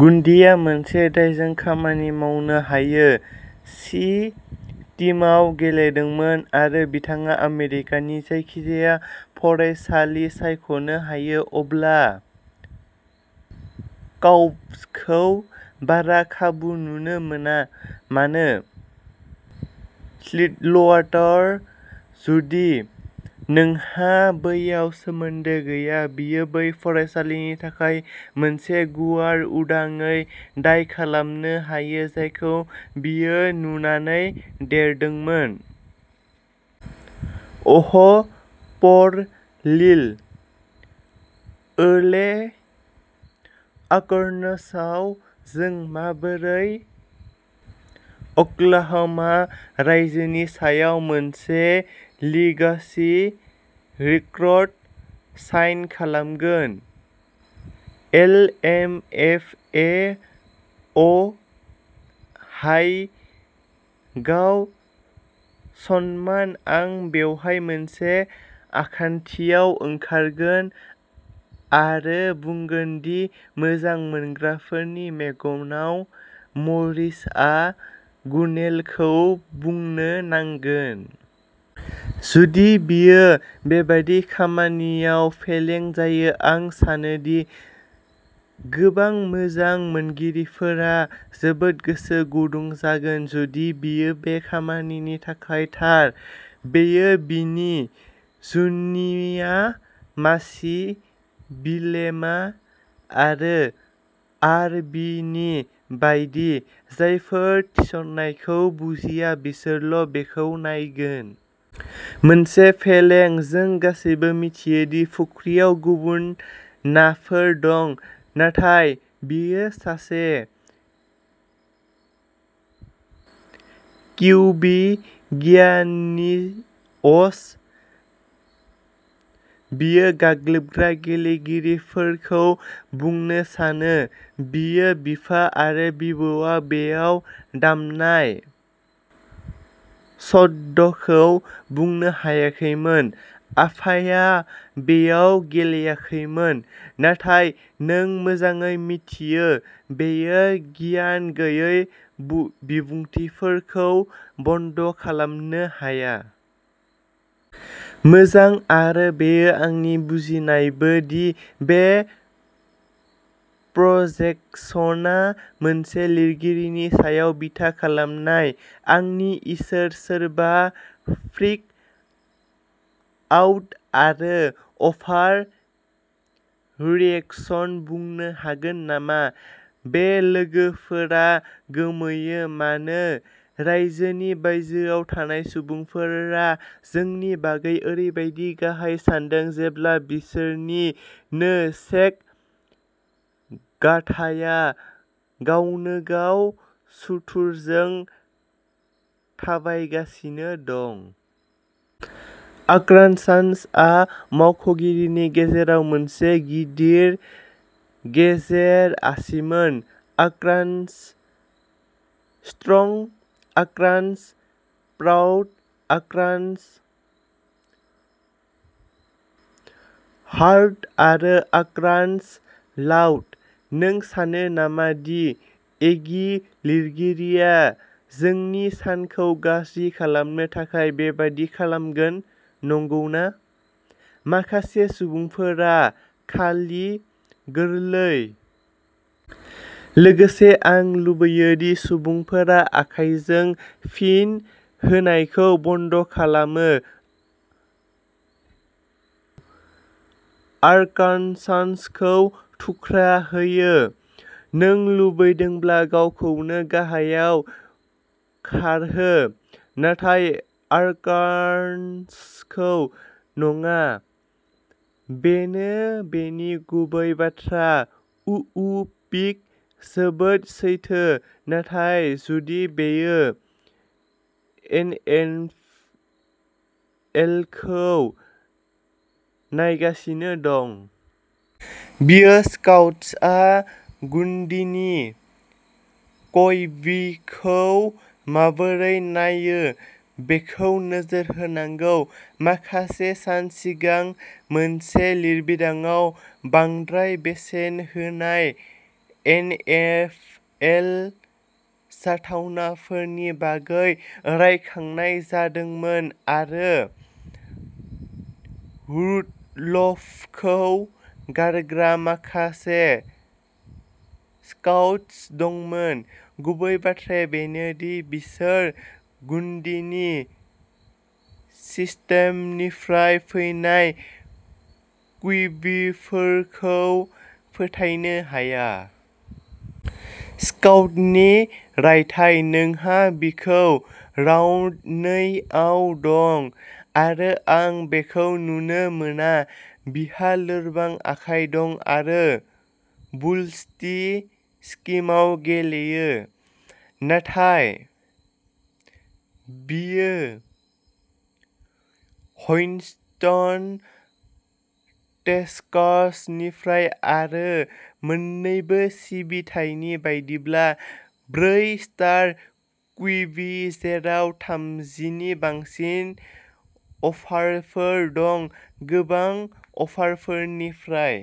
गुन्डिआ मोनसे दायजों खामानि मावनो हायो। सि टीमआव गेलेदोंमोन आरो बिथाङा आमेरिकानि जायखिजाया फरायसालि सायख'नो हायो, अब्ला काउप'क्सखौ बारा खाबु नुनो मोना। मानो स्टिलवाटार, जुदि नोंहा बैयाव सोमोन्दो गैया? बियो बै फरायसालिनि थाखाय मोनसे गुवार उदाङै दाय खालामनो हायो जायखौ बियो नुनानै देरदोंमोन। अ'ह प'र लिल ओले आर्किन्साव जों माबोरै अक्लाह'मा रायजोनि सायाव मोनसे लिगासि रिक्रिट साइन खालामगोन। एल एम एफ ए अ' हाय गाव सन्मान। आं बेवहाय मोनसे आखान्थियाव ओंखारगोन आरो बुंगोन दि मोजां मोनग्राफोरनि मेगनाव, मरिसआ गुनेलखौ बुनो नांगोन। जुदि बियो बेबादि खालामनायाव फेलें जायो, आं सानोदि गोबां मोजां मोनगिरिफोरा जोबोद गोसो गुदुं जागोन जुदि बियो बे खामानिनि थाखाय थार। बेयो बिनि जुनिया मासि, बिलेमा आरो आर बि नि बायदि। जायफोरा थिसननायखौ बुजिया बिसोरल' बेखौ नायगोन। मोनसे फेलें, जों गासैबो मिथियो दि फुख्रियाव गुबुन नाफोर दं। "नाथाय बियो सासे किउबि गियानिअस" "बियो गाग्लोबग्रा गेलेगिरिफोरखौ बुनो सानो" "बियो बिफा आरो बिबौआ बेयाव दामनाय स्टडखौ बुनो हायाखैमोन" आफाया बेयाव गेलेयाखैमोन, नाथाय नों मोजाङै मिथियो, बेयो गियान गैयै बिबुंथिफोरखौ बन्द खालामनो हाया। मोजां, आरो बेयो आंनि बुजिनायबो दि बे प्रजेकसनआ सासे लिरगिरिनि सायाव बिथा खालामनाय। आंनि इसोर, सोरबा "फ्रिक आउट" आरो "अभार रिएक्शन" बुंनो हागोन नामा? बे लोगोफोरा गोमोयो मानो रायजोनि बायजोआव थानाय सुबुंफोरा जोंनि बागै ओरैबादि गाहाय सान्दों जेब्ला बिसोरनि नो सेक गाधाया गावनोगाव सुथुरजों थाबायगासिनो दं। आर्कान्सान्सआ मानसावगारिनि गेजेराव मोनसे गिदिर गेजेर आसिमोन। Arkansas strong, Arkansas proud, Arkansas hard आरो आर्कान्सास लाउड। नों सानो नामा दि एगि लिरगिरिया जोंनि सानखौ गाज्रि खालामनो थाखाय बेबादि खालामगोन, नंगौना? माखासे सुबुंफोरा खालि गोरलै। लोगोसे आं लुबैयो दि सुबुंफोरा आखायजों फिन होनायखौ बन्द' खालामो। आरकानसासखौ थुख्रा होयो। नों लुबैदोंब्ला गावखौनो गाहायाव खारहो, नाथाय आरकानसासखौ नङा। बेनो बेनि गुबै बाथ्रा उउ पिग जोबोद सैथो, नाथाय जुदि बियो एनएफएलखौ नायगासिनो दं। बियो स्काउट्सआ गुन्डीनि क्यूबीखौ माबोरै नायो बेखौ नोजोर होनांगौ। माखासे सान सिगां मोनसे लिरबिदांआव बांद्राय बेसेन होनाय एनएफएल जाथावनाफोरनि बागै रायखांनाय जादोंमोन आरो रुडलफखौ गारग्रा माखासे स्काउट्स दंमोन। गुबै बाथ्राया बेनो दि बिसोर गुन्डीनि सिस्टेमनिफ्राय फैनाय क्यूबीफोरखौ फोथायनो हाया। स्काउटनि रायथाइः "नोंहा बिखौ राउन्ड नै आव दं आरो आं बेखौ नुनो मोना। बिहा लोरबां आखाइ दं आरो बुल्सटी स्किमाव गेलेयो। बियो ह्यूस्टन, टेक्सासनिफ्राय आरो मोन्नैबो सिबिथायनि बायदिब्ला ब्रै स्टार क्यूबी, जेराव थामजिनि बांसिन अफारफोर दं, गोबां अफारफोरनिफ्राय।